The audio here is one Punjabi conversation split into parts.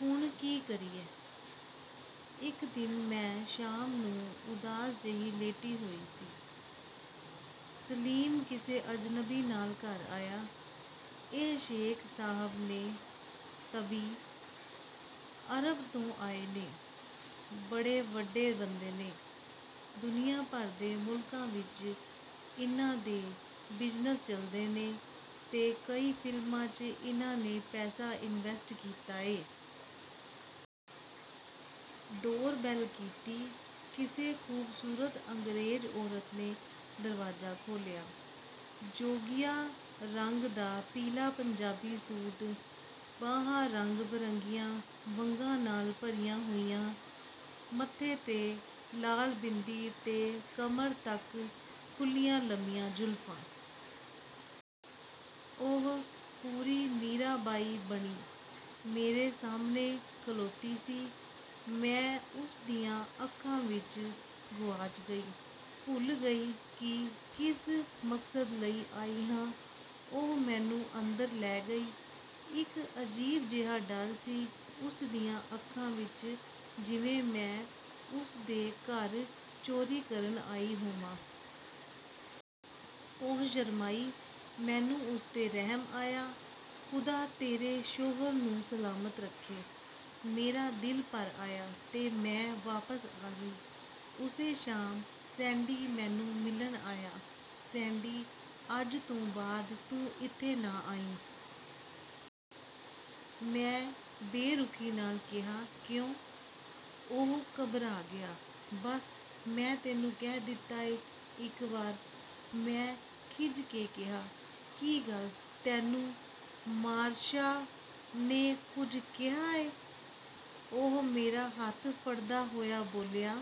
ਹੁਣ ਕੀ ਕਰੀਏ? ਇੱਕ ਦਿਨ ਮੈਂ ਸ਼ਾਮ ਨੂੰ ਉਦਾਸ ਜਿਹੀ ਲੇਟੀ ਹੋਈ ਸੀ, ਸਲੀਮ ਕਿਸੇ ਅਜਨਬੀ ਨਾਲ ਘਰ ਆਇਆ। "ਇਹ ਸ਼ੇਖ ਸਾਹਬ ਨੇ ਤਬੀ। ਅਰਬ ਤੋਂ ਆਏ ਨੇ। ਬੜੇ ਵੱਡੇ ਬੰਦੇ ਨੇ। ਦੁਨੀਆਂ ਭਰ ਦੇ ਮੁਲਕਾਂ ਵਿਚ ਇਨ੍ਹਾਂ ਦੇ ਬਿਜ਼ਨਸ ਚੱਲਦੇ ਨੇ ਤੇ ਕਈ ਫ਼ਿਲਮਾਂ 'ਚ ਇਨ੍ਹਾਂ ਨੇ ਪੈਸਾ ਇਨਵੈਸਟ ਕੀਤਾ ਏ। ਡੋਰ ਬੈੱਲ ਕੀਤੀ। ਕਿਸੇ ਖੂਬਸੂਰਤ ਅੰਗਰੇਜ਼ ਔਰਤ ਨੇ ਦਰਵਾਜ਼ਾ ਖੋਲ੍ਹਿਆ। ਜੋਗੀਆ ਰੰਗ ਦਾ ਪੀਲਾ ਪੰਜਾਬੀ ਸੂਟ, ਬਾਹਾਂ ਰੰਗ ਬਰੰਗੀਆਂ ਵੰਗਾਂ ਨਾਲ ਭਰੀਆਂ ਹੋਈਆਂ, ਮੱਥੇ 'ਤੇ ਲਾਲ ਬਿੰਦੀ ਤੇ ਕਮਰ ਤੱਕ ਖੁੱਲ੍ਹੀਆਂ ਲੰਮੀਆਂ ਜ਼ੁਲਫਾਂ। ਉਹ ਪੂਰੀ 'ਮੀਰਾ ਬਾਈ' ਬਣੀ ਮੇਰੇ ਸਾਹਮਣੇ ਖਲੋਤੀ ਸੀ। ਮੈਂ ਉਸ ਦੀਆਂ ਅੱਖਾਂ ਵਿਚ ਗੁਆਚ ਗਈ। ਭੁੱਲ ਗਈ ਕਿ ਕਿਸ ਮਕਸਦ ਲਈ ਆਈ ਹਾਂ। ਉਹ ਮੈਨੂੰ ਅੰਦਰ ਲੈ ਗਈ। ਇੱਕ ਅਜੀਬ ਜਿਹਾ ਡਰ ਸੀ ਉਸ ਦੀਆਂ ਅੱਖਾਂ ਵਿਚ ਜਿਵੇਂ ਮੈਂ ਉਸ ਦੇ ਘਰ ਚੋਰੀ ਕਰਨ ਆਈ ਹੋਵਾਂ। " ਉਹ ਸ਼ਰਮਾਈ। ਮੈਨੂੰ ਉਸ 'ਤੇ ਰਹਿਮ ਆਇਆ। "ਖ਼ੁਦਾ ਤੇਰੇ ਸ਼ੋਹਰ ਨੂੰ ਸਲਾਮਤ ਰੱਖੇ! " ਮੇਰਾ ਦਿਲ ਭਰ ਆਇਆ ਤੇ ਮੈਂ ਵਾਪਸ ਆ ਗਈ। ਉਸੇ ਸ਼ਾਮ ਸੈਂਡੀ ਮੈਨੂੰ ਮਿਲਣ ਆਇਆ। "ਸੈਂਡੀ ਅੱਜ ਤੋਂ ਬਾਅਦ ਤੂੰ ਇਥੇ ਨਾ ਆਈਂ। " ਮੈਂ ਬੇਰੁਖੀ ਨਾਲ ਕਿਹਾ। "ਕਿਉਂ? " ਉਹ ਘਬਰਾ ਗਿਆ। "ਬੱਸ, ਮੈਂ ਤੈਨੂੰ ਕਹਿ ਦਿੱਤਾ ਏ ਇੱਕ ਵਾਰ। " ਮੈਂ ਖਿੱਝ ਕੇ ਕਿਹਾ। "ਕੀ ਗੱਲ ਤੈਨੂੰ ਮਾਰਸ਼ਾ ਨੇ ਕੁਝ ਕਿਹਾ ਏ? " ਉਹ ਮੇਰਾ ਹੱਥ ਫੜਦਾ ਹੋਇਆ ਬੋਲਿਆ।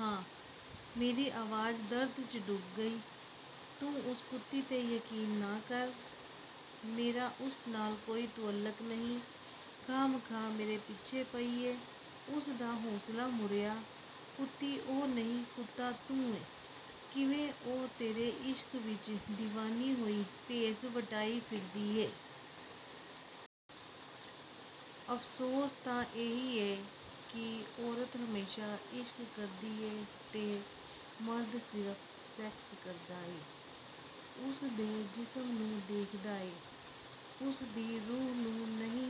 "ਹਾਂ…। " ਮੇਰੀ ਆਵਾਜ਼ ਦਰਦ 'ਚ ਡੁੱਬ ਗਈ। ਤੂੰ ਉਸ ਕੁੱਤੀ 'ਤੇ ਯਕੀਨ ਨਾ ਕਰ। ਮੇਰਾ ਉਸ ਨਾਲ ਕੋਈ ਤੁਅੱਲਕ ਨਹੀਂ। ਖਾਹਮਖਾਹ ਮੇਰੇ ਪਿੱਛੇ ਪਈ ਏ। " ਉਸ ਦਾ ਹੌਸਲਾ ਮੁੜਿਆ। "ਕੁੱਤੀ ਉਹ ਨਹੀਂ, ਕੁੱਤਾ ਤੂੰ ਏਂ… ਕਿਵੇਂ ਉਹ ਤੇਰੇ ਇਸ਼ਕ ਵਿਚ ਦੀਵਾਨੀ ਹੋਈ ਭੇਸ ਵਟਾਈ ਫਿਰਦੀ ਏ। "ਅਫਸੋਸ ਤਾਂ ਇਹੀ ਏ ਕਿ ਔਰਤ ਹਮੇਸ਼ਾ ਇਸ਼ਕ ਕਰਦੀ ਏ ਤੇ ਮਰਦ ਸਿਰਫ ਸੈਕਸ ਕਰਦਾ ਏ। ਉਸ ਦੇ ਜਿਸਮ ਨੂੰ ਦੇਖਦਾ ਏ, ਉਸ ਦੀ ਰੂਹ ਨੂੰ ਨਹੀਂ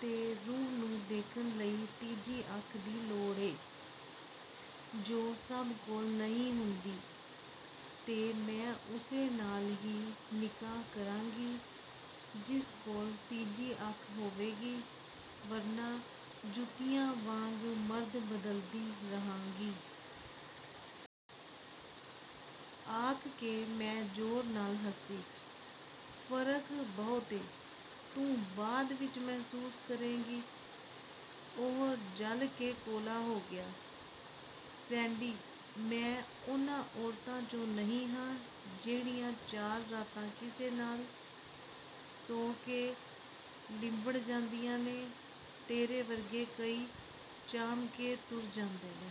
ਤੇ ਰੂਹ ਨੂੰ ਦੇਖਣ ਲਈ ਤੀਜੀ ਅੱਖ ਦੀ ਲੋੜ ਏ, ਜੋ ਸਭ ਕੋਲ ਨਹੀਂ ਹੁੰਦੀ ਤੇ ਮੈਂ ਉਸੇ ਨਾਲ ਹੀ ਨਿਕਾਹ ਕਰਾਂਗੀ ਜਿਸ ਕੋਲ ਤੀਜੀ ਅੱਖ ਹੋਵੇਗੀ ਵਰਨਾ ਜੁੱਤੀਆਂ ਵਾਂਗ ਮਰਦ ਬਦਲਦੀ ਰਹਾਂਗੀ। " ਆਖ ਕੇ ਮੈਂ ਜ਼ੋਰ ਨਾਲ ਹੱਸੀ। "ਫਰਕ ਬਹੁਤ ਏ ਤੂੰ ਬਾਅਦ ਵਿਚ ਮਹਿਸੂਸ ਕਰੇਂਗੀ। " ਉਹ ਜਲ ਕੇ ਕੋਲਾ ਹੋ ਗਿਆ। "ਸੈਂਡੀ, ਮੈਂ ਉਨ੍ਹਾਂ ਔਰਤਾਂ 'ਚੋਂ ਨਹੀਂ ਹਾਂ ਜਿਹੜੀਆਂ ਚਾਰ ਰਾਤਾਂ ਕਿਸੇ ਨਾਲ ਸੌਂ ਕੇ ਲਿੱਬੜ ਜਾਂਦੀਆਂ ਨੇ। ਤੇਰੇ ਵਰਗੇ ਕਈ ਚਾਮਕੇ ਤੁਰੇ ਫਿਰਦੇ ਨੇ।